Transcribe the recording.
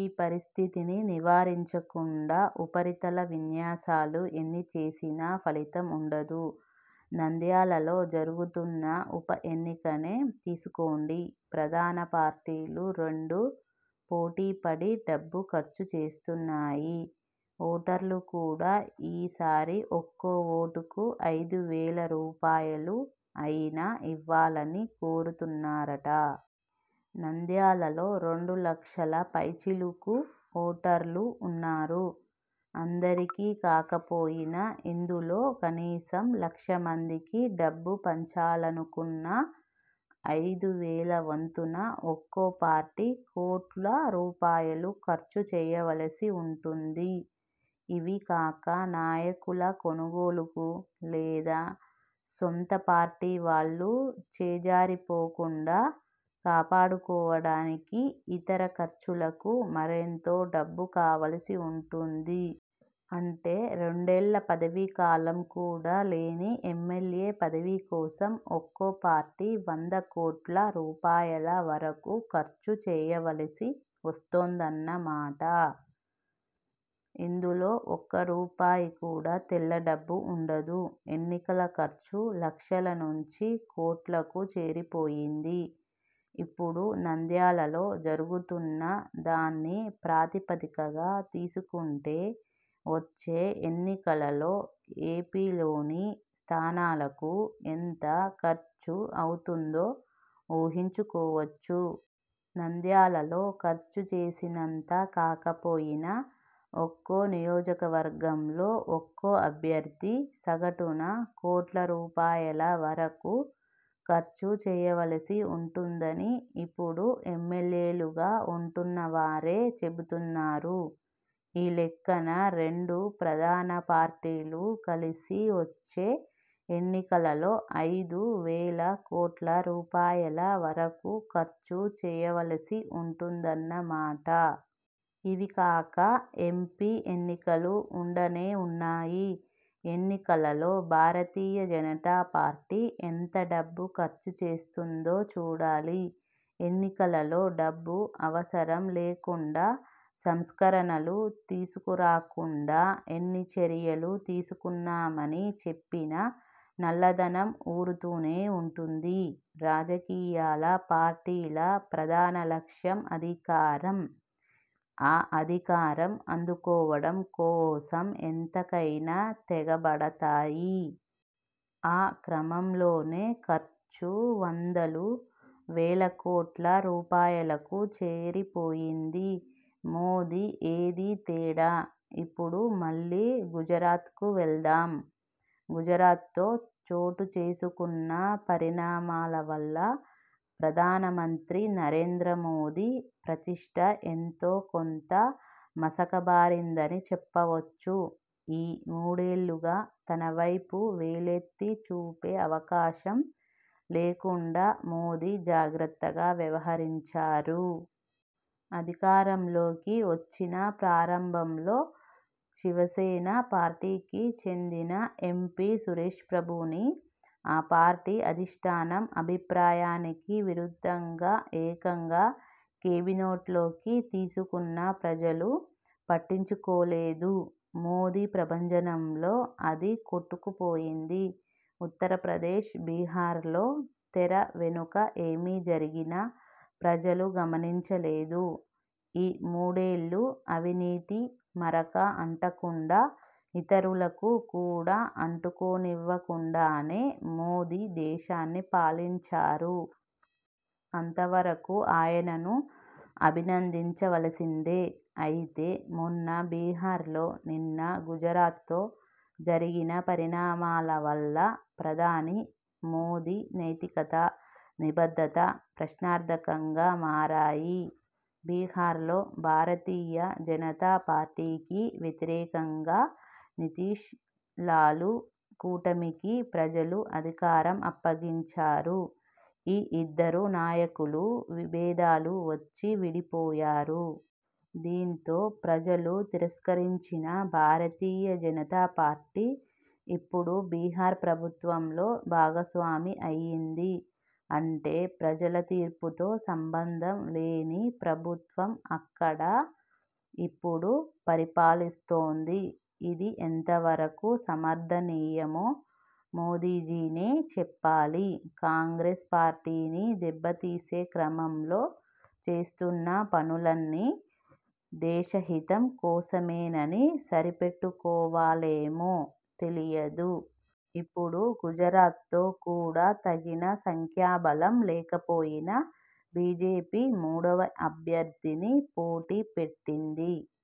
ఈ పరిస్థితిని నివారించకుండా ఉపరితల విన్యాసాలు ఎన్ని చేసినా ఫలితం ఉండదు. నంద్యాలలో జరుగుతున్న ఉప ఎన్నికనే తీసుకోండి. ప్రధాన పార్టీలు రెండూ పోటీ పడి డబ్బు ఖర్చు చేస్తున్నాయి. ఓటర్లు కూడా ఈసారి ఒక్కో ఓటుకు అయిదు వేల రూపాయలు అయినా ఇవ్వాలని కోరుతున్నారట! నంద్యాలలో రెండు లక్షల పైచిలుకు ఓటర్లు ఉన్నారు. అందరికీ కాకపోయినా ఇందులో కనీసం లక్ష మందికి డబ్బు పంచాలనుకున్నా అయిదు వేల వంతున ఒక్కో పార్టీ కోట్ల రూపాయలు ఖర్చు చేయవలసి ఉంటుంది. ఇవి కాక నాయకుల కొనుగోలుకు లేదా సొంత పార్టీవాళ్లు చేజారిపోకుండా కాపాడుకోవడానికి ఇతర ఖర్చులకు మరెంతో డబ్బు కావలసి ఉంటుంది. అంటే రెండేళ్ల పదవీకాలం కూడా లేని ఎమ్మెల్యే పదవి కోసం ఒక్కో పార్టీ వంద కోట్ల రూపాయల వరకు ఖర్చు చేయవలసి వస్తోందన్న మాట! ఇందులో ఒక్క రూపాయి కూడా తెల్ల డబ్బు ఉండదు. ఎన్నికల ఖర్చు లక్షల నుంచి కోట్లకు చేరిపోయింది. ఇప్పుడు నంద్యాలలో జరుగుతున్న దాన్ని ప్రాతిపదికగా తీసుకుంటే వచ్చే ఎన్నికలలో ఏపీలోని స్థానాలకు ఎంత ఖర్చు అవుతుందో ఊహించుకోవచ్చు. నంద్యాలలో ఖర్చు చేసినంత కాకపోయినా ఒక్కో నియోజకవర్గంలో ఒక్కో అభ్యర్థీ సగటున కోట్ల రూపాయల వరకు ఖర్చు చేయవలసి ఉంటుందని ఇప్పుడు ఎమ్మెల్యేలుగా ఉంటున్నవారే చెబుతున్నారు. ఈ లెక్కన రెండు ప్రధాన పార్టీలూ కలిసి వచ్చే ఎన్నికలలో అయిదు వేల కోట్ల రూపాయల వరకు ఖర్చు చేయవలసి ఉంటుందన్న మాట! ఇవికాక ఎంపీ ఎన్నికలు ఉండనే ఉన్నాయి. ఎన్నికలలో భారతీయ జనతా పార్టీ ఎంత డబ్బు ఖర్చు చేస్తుందో చూడాలి! ఎన్నికలలో డబ్బు అవసరం లేకుండా సంస్కరణలు తీసుకురాకుండా ఎన్ని చర్యలు తీసుకున్నామని చెప్పినా నల్లధనం ఊరుతూనే ఉంటుంది. రాజకీయ పార్టీల ప్రధాన లక్ష్యం అధికారం. ఆ అధికారం అందుకోవడం కోసం ఎంతకైనా తెగబడతాయి. ఆ క్రమంలోనే ఖర్చు వందలు, వేల కోట్ల రూపాయలకు చేరిపోయింది. మోదీ ఏదీ తేడా? ఇప్పుడు మళ్లీ గుజరాత్కు వెళదాం! గుజరాత్లో చోటుచేసుకున్న పరిణామాల వల్ల ప్రధానమంత్రి నరేంద్ర మోదీ ప్రతిష్ఠ ఎంతో కొంత మసకబారిందని చెప్పవచ్చు. ఈ మూడేళ్లుగా తనవైపు వేలెత్తి చూపే అవకాశం లేకుండా మోదీ జాగ్రత్తగా వ్యవహరించారు. అధికారంలోకి వచ్చిన ప్రారంభంలో శివసేన పార్టీకి చెందిన ఎంపీ సురేశ్ ప్రభును ఆ పార్టీ అధిష్ఠానం అభిప్రాయానికి విరుద్ధంగా ఏకంగా కేబినెట్లోకి తీసుకున్నా ప్రజలు పట్టించుకోలేదు. మోదీ ప్రభంజనంలో అది కొట్టుకుపోయింది. ఉత్తరప్రదేశ్– బిహార్లో తెర వెనుక ఏమి జరిగినా ప్రజలు గమనించలేదు. ఈ మూడేళ్లూ అవినీతి మరక అంటకుండా, ఇతరులకు కూడా అంటుకోనివ్వకుండానే మోదీ దేశాన్ని పాలించారు. అంతవరకు ఆయనను అభినందించవలసిందే! అయితే మొన్న బిహార్లో, నిన్న గుజరాత్లో జరిగిన పరిణామాల వల్ల ప్రధాని మోదీ నైతికత, నిబద్ధత ప్రశ్నార్థకంగా మారాయి. బిహార్లో భారతీయ జనతా పార్టీకి వ్యతిరేకంగా నితీశ్– లాలూ కూటమికి ప్రజలు అధికారం అప్పగించారు. ఈ ఇద్దరు నాయకులూ విభేదాలు వచ్చి విడిపోయారు. దీంతో ప్రజలు తిరస్కరించిన భారతీయ జనతా పార్టీ ఇప్పుడు బిహార్ ప్రభుత్వంలో భాగస్వామి అయ్యింది. అంటే ప్రజల తీర్పుతో సంబంధం లేని ప్రభుత్వం అక్కడ ఇప్పుడు పరిపాలిస్తోంది. ఇది ఎంతవరకు సమర్థనీయమో మోదీజీనే చెప్పాలి. కాంగ్రెస్ పార్టీని దెబ్బతీసే క్రమంలో చేస్తున్న పనులన్నీ దేశహితం కోసమేనని సరిపెట్టుకోవాలేమో తెలియదు. ఇప్పుడు గుజరాత్లో కూడా తగిన సంఖ్యాబలం లేకపోయినా బీజేపీ మూడవ అభ్యర్థిని పోటీ పెట్టింది.